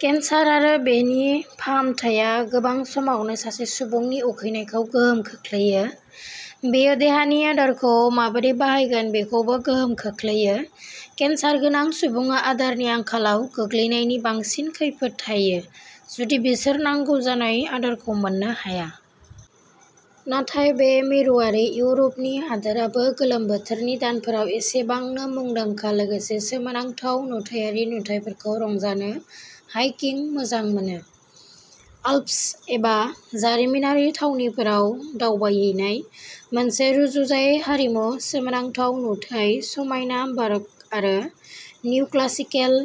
Cancer आरो बेनि फाहामथाया गोबां समावनो सासे सुबुंनि उखैनायखौ गोहोम खोख्लैयो; बेयो देहानि आदारखौ माबोरै बाहायगोन बेखौबो गोहोम खोख्लैयो। केन्सार गोनां सुबुङा आदारनि आंखालाव गोग्लैनायनि बांसिन खैफोद थायो, जुदि बिसोर नांगौ जानाय आदारखौ मोननो हाया। नाथाय बे मिरुआरि इउर'पनि हादोरआबो गोलोम बोथोरनि दानफोराव एसेबांनो मुंदांखा लोगोसे सोमोनांथाव नुथायारि नुथायफोरखौ रंजानो हाइकिं मोजां मोनो। आल्प्स एबा जारिमिनारि थावनिफोराव दावबायहैनाय। मोनसे रुजुजायै हारिमु, सोमोनांथाव नुथाय, समायना बारक आरो निअक्लासिकेल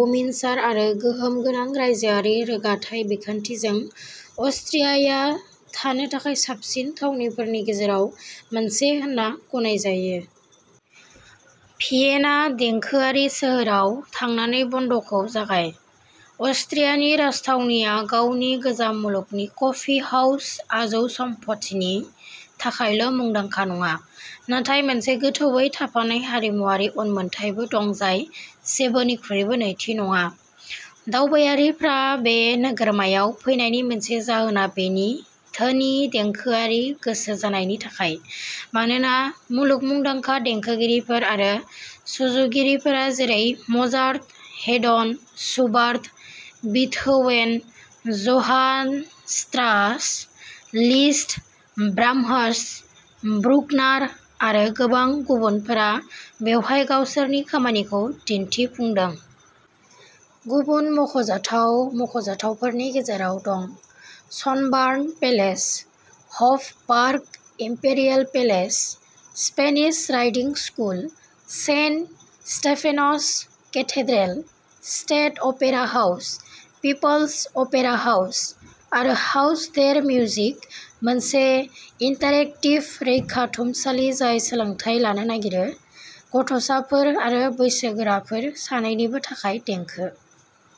बुमिनसार आरो गोहोम गोनां रायजोआरि रोगाथाइ बिखान्थिजों, अस्ट्रियाया थानो थाखाय साबसिन थावनिफोरनि गेजेराव मोनसे होनना गनायजायो। भियेना देंखोआरि सोहोराव थांनानै बन्द'खौ जागाय। अस्ट्रियानि राजथावनिया गावनि गोजाम मुलुगनि कफि हाउस आजौसमफथिनि थाखायल'मुंदांखा नङा, नाथाय मोनसे गोथौवै थाफानाय हारिमुआरि उनमोनथायबो दं जाय जेबोनिख्रुइबो नैथि नङा। दावबायारिफ्रा बे नोगोरमायाव फैनायनि मोनसे जाहोना बेनि धोनि देंखोआरि गोसो जानायनि थाखाय, मानोना मुलुग मुंदांखा देंखोगिरिफोर आरो सुजुगिरिफोरा जेरै Mozart, Haydn, Schubert, Beethoven, Johann Strauss, Liszt, Brahms, Bruckner आरो गोबां गुबुनफोरा बेवहाय गावसोरनि खामानिखौ दिन्थिफुंदों। गुबुन मख'जाथाव मख'जाथावफोरनि गेजेराव दं Schönbrunn Palace, Hofburg Imperial Palace, Spanish Riding School, Saint Stephen's Cathedral, State Opera House, People's Opera House आरो हाउस डेर मिउजिक, मोनसे इन्टारेक्टिभ रैखाथुमसालि जाय सोलोंथाय लानो नागिरो। गथ'साफोर आरो बैसोगोराफोर सानैनिबो थाखाय देंखो।